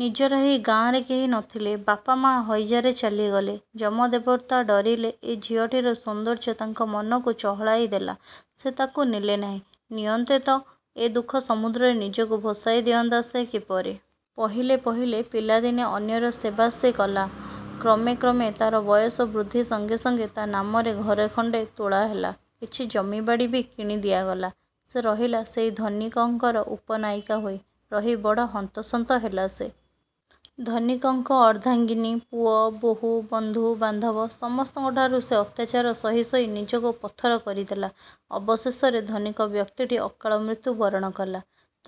ନିଜର ହେଇ ଗାଁରେ କେହି ନ ଥିଲେ। ବାପ ମା ହଇଜାରେ ଚାଲିଗଲେ। ଯମ ଦେବତା ଡରିଲେ, ଏ ଝିଅଟିର ସୌନ୍ଦର୍ଯ୍ୟ ତାଙ୍କ ମନକୁ ଚହଲାଇ ଦେଲା, ସେ ତାକୁ ନେଲେ ନାହିଁ। ନିଅନ୍ତେ ତ, ଏ ଦୁଃଖ ସମୁଦ୍ରରେ ନିଜକୁ ଭସାଇ ଦିଅନ୍ତା ସେ କିପରି? ପହିଲେ ପହିଲେ ପିଲାଦିନେ ଅନ୍ୟର ସେବା ସେ କଲା। କ୍ରମେ କ୍ରମେ ତାର ବୟସ ବୃଦ୍ଧି ସଙ୍ଗେ ସଙ୍ଗେ ତା ନାମରେ ଘର ଖଣ୍ତେ ତୋଳା ହେଲା। କିଛି ଜମି ବାଡ଼ି ବି କିଣି ଦିଆଗଲା। ସେ ରହିଲା ସେହି ଧନିକଙ୍କର ଉପନାୟିକା ହୋଇ। ରହି ବଡ଼ ହନ୍ତସନ୍ତ ହେଲା ସେ। ଧନିକଙ୍କ ଅର୍ଦ୍ଧାଙ୍ଗିନୀ, ପୁଅ, ବୋହୁ, ବନ୍ଧୁ, ବାନ୍ଧବ—ସମସ୍ତଙ୍କଠାରୁ ସେ ଅତ୍ୟାଚାର ସହି ସହି ନିଜକୁ ପଥର କରିଦେଲା। ଅବଶେଷରେ ଧନିକ ବ୍ୟକ୍ତିଟି ଅକାଳମୃତ୍ୟୁ ବରଣ କଲା।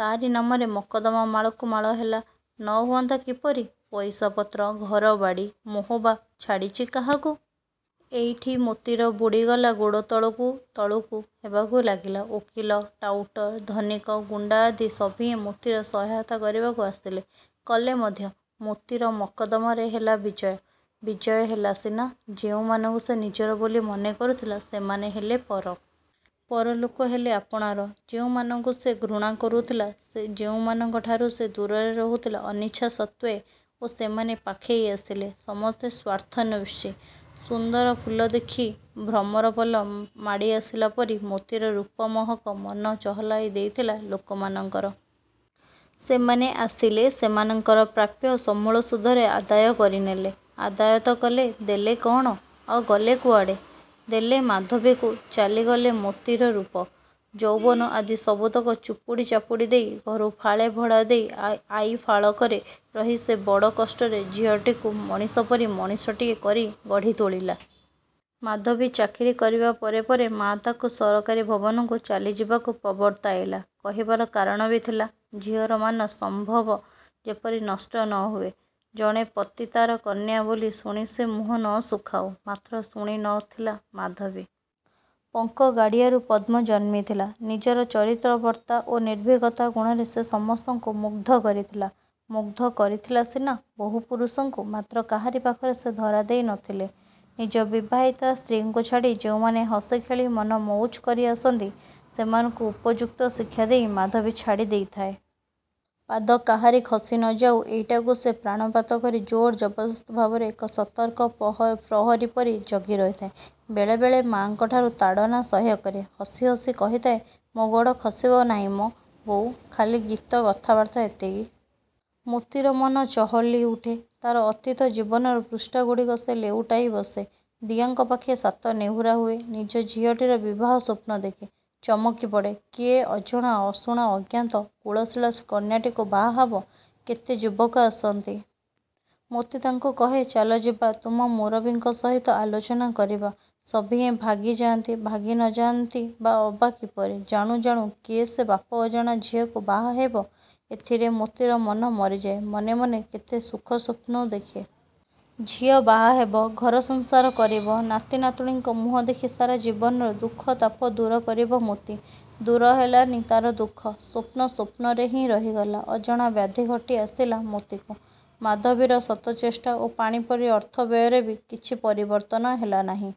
ତାରି ନାମରେ ମକଦ୍ଦମା ମାଳକୁ ମାଳ ହେଲା। ନ ହୁଅନ୍ତା କିପରି? ପଇସା ପତ୍ର, ଘର, ବାଡ଼ି, ମୋହ ବା ଛାଡ଼ିଛି କାହାକୁ? ଏଇଠି ମୋତିର ବୁଡ଼ିଗଲା ଗୋଡ଼ ତଳକୁ ତଳକୁ ହେବାକୁ ଲାଗିଲା। ଓକିଲ, ଟାଉଟର, ଧନିକ, ଗୁଣ୍ତା ଆଦି ସଭିଏ ମୋତିର ସହାୟତା କରିବାକୁ ଆସିଲେ। କଲେ ମଧ୍ୟ। ମୋତିର ମକଦ୍ଦମାରେ ହେଲା ବିଜୟ। ବିଜୟ ହେଲା ସିନା, ଯେଉଁମାନଙ୍କୁ ସେ ନିଜର ବୋଲି ମନେ କରୁଥିଲା, ସେମାନେ ହେଲେ ପର। ପର ଲୋକ ହେଲେ ଆପଣାର। ଯେଉଁମାନଙ୍କୁ ସେ ଘୃଣା କରୁଥିଲା, ଯେଉଁମାନଙ୍କଠାରୁ ସେ ଦୂରରେ ରହୁଥିଲା, ଅନିଚ୍ଛାସତ୍ତ୍ୱେ ଓ ସେମାନେ ପାଖେଇ ଆସିଲେ। ସମସ୍ତେ ସ୍ୱାର୍ଥନ୍ୱେଷୀ। ସୁନ୍ଦର ଫୁଲ ଦେଖି ଭ୍ରମରପଲ ମାଡ଼ି ଆସିଲା ପରି ମୋତିର ରୂପ ମହକ ମନ ଚହଲାଇ ଦେଇଥିଲା ଲୋକମାନଙ୍କର। ସେମାନେ ଆସିଲେ। ସେମାନଙ୍କର ପ୍ରାପ୍ୟ ସମୂଳ ସୁଧରେ ଆଦାୟ କରିନେଲେ। ଆଦାୟ ତ କଲେ, ଦେଲେ କଅଣ? ଆଉ ଗଲେ କୁଆଡ଼େ? ଦେଲେ ମାଧବୀକୁ, ଚାଲିଗଲେ ମୋତିର ରୂପ, ଯୌବନ ଆଦି ସବୁତକ ଚୁପୁଡ଼ି ଚାପୁଡ଼ି ଦେଇ, ଘରୁ ଫାଳେ ଭଡ଼ା ଦେଇ ଆଇ ଫାଳକରେ ରହି ସେ ବଡ଼ କଷ୍ଟରେ ଝିଅଟିକୁ ମଣିଷ ପରି ମଣିଷଟିଏ କରି ଗଢ଼ି ତୋଳିଲା। ମାଧବୀ ଚାକିରୀ କରିବା ପରେ ପରେ ମା ତାକୁ, ସରକାରୀ ଭବନକୁ ଚାଲି ଯିବାକୁ ପ୍ରବର୍ତ୍ତାଇଲା। କହିବାର କାରଣ ବି ଥିଲା। ଝିଅର ମାନ ସମ୍ଭ୍ରମ ଯେପରି ନଷ୍ଟ ନ ହୁଏ। ଜଣେ ପତିତାର କନ୍ୟା ବୋଲି ଶୁଣି ସେ ମୁହଁ ନ ଶୁଖାଉ। ମାତ୍ର ଶୁଣି ନ ଥିଲା ମାଧବୀ। ପଙ୍କ ଗାଡ଼ିଆରୁ ପଦ୍ମ ଜନ୍ମିଥିଲା। ନିଜର ଚରିତ୍ରବର୍ତ୍ତା ଓ ନିର୍ଭୀକତା ଗୁଣରେ ସେ ସମସ୍ତଙ୍କୁ ମୁଗ୍ଧ କରିଥିଲା। ମୁଗ୍ଧ କରିଥିଲା ସିନା ବହୁ ପୁରୁଷଙ୍କୁ; ମାତ୍ର କାହାରି ପାଖରେ ସେ ଧରା ଦେଇ ନ ଥିଲେ। ନିଜ ବିବାହିତା ସ୍ତ୍ରୀଙ୍କୁ ଛାଡ଼ି ଯେଉଁମାନେ ହସି ଖେଳି ମନ ମଉଜ କରିଆସନ୍ତି, ସେମାନଙ୍କୁ ଉପଯୁକ୍ତ ଶିକ୍ଷା ଦେଇ ମାଧବୀ ଛାଡ଼ି ଦେଇଥାଏ। ପାଦ କାହାରି ଖସି ନ ଯାଉ—ଏଇଟାକୁ ସେ ପ୍ରାଣପାତ କରି ଜୋର ଜବରଦସ୍ତ ଭାବରେ ଏକ ସତର୍କ ପ୍ରହରୀ ପରି ଜଗି ରଖିଥାଏ। ବେଳେ ବେଳେ ମାଙ୍କଠାରୁ ତାଡ଼ନା ସହ୍ୟ କରେ। ହସି ହସି କହିଥାଏ—ମୋ ଗୋଡ଼ ଖସିବ ନାହିଁ ମ ବୋଉ। ଖାଲି ଗୀତ, କଥାବାର୍ତ୍ତା ଏତିକି। ମୋତିର ମନ ଚହଲିଉଠେ। ତାର ଅତୀତ ଜୀବନର ପୃଷ୍ଠା ଗୁଡ଼ିକ ସେ ଲେଉଟାଇ ବସେ। ଦିଅଁଙ୍କ ପାଖେ ସାତ ନେହୁରା ହୁଏ। ନିଜ ଝିଅଟିର ବିବାହ ସ୍ୱପ୍ନ ଦେଖେ। ଚମକି ପଡ଼େ, କିଏ ଅଜଣା ଅଶୁଣା ଅଜ୍ଞାତ କୁଳଶୀଳା କନ୍ୟାଟିକୁ ବାହା ହବ। କେତେ ଯୁବକ ଆସନ୍ତି। ମୋତି ତାଙ୍କୁ କହେ—ଚାଲ ଯିବା ତୁମ ମୁରବୀଙ୍କ ସହିତ ଆଲୋଚନା କରିବା। ସଭିଏ ଭାଗି ଯାଆନ୍ତି। ଭାଗି ନ ଯାଆନ୍ତି ଅବା କିପରି? ଜାଣୁ ଜାଣୁ କିଏ ସେ ବାପ ଅଜଣା ଝିଅକୁ ବାହାହେବେ! ଏଥିରେ ମୋତିର ମନ ମରିଯାଏ। ମନେ ମନେ କେତେ ସୁଖ ସ୍ୱପ୍ନ ଦେଖେ। ଝିଅ ବାହା ହେବ। ଘର ସଂସାର କରିବ। ନାତି ନାତୁଣୀଙ୍କ ମୁହଁ ଦେଖି ସାରା ଜୀବନର ଦୁଃଖ-ତାପ ଦୂର କରିବ ମୋତି।। ଦୂର ହେଲାନି ତାର ଦୁଃଖ। ସ୍ୱପ୍ନ ସ୍ୱପ୍ନରେ ହିଁ ରହିଗଲା। ଅଜଣା ବ୍ୟାଧି ଘଟି ଆସିଲା ମୋତିକୁ। ମାଧବୀର ଶତଚେଷ୍ଟା ଓ ପାଣିପରି ଅର୍ଥ ବ୍ୟୟରେ ବି କିଛି ପରିବର୍ତ୍ତନ ହେଲା ନାହିଁ।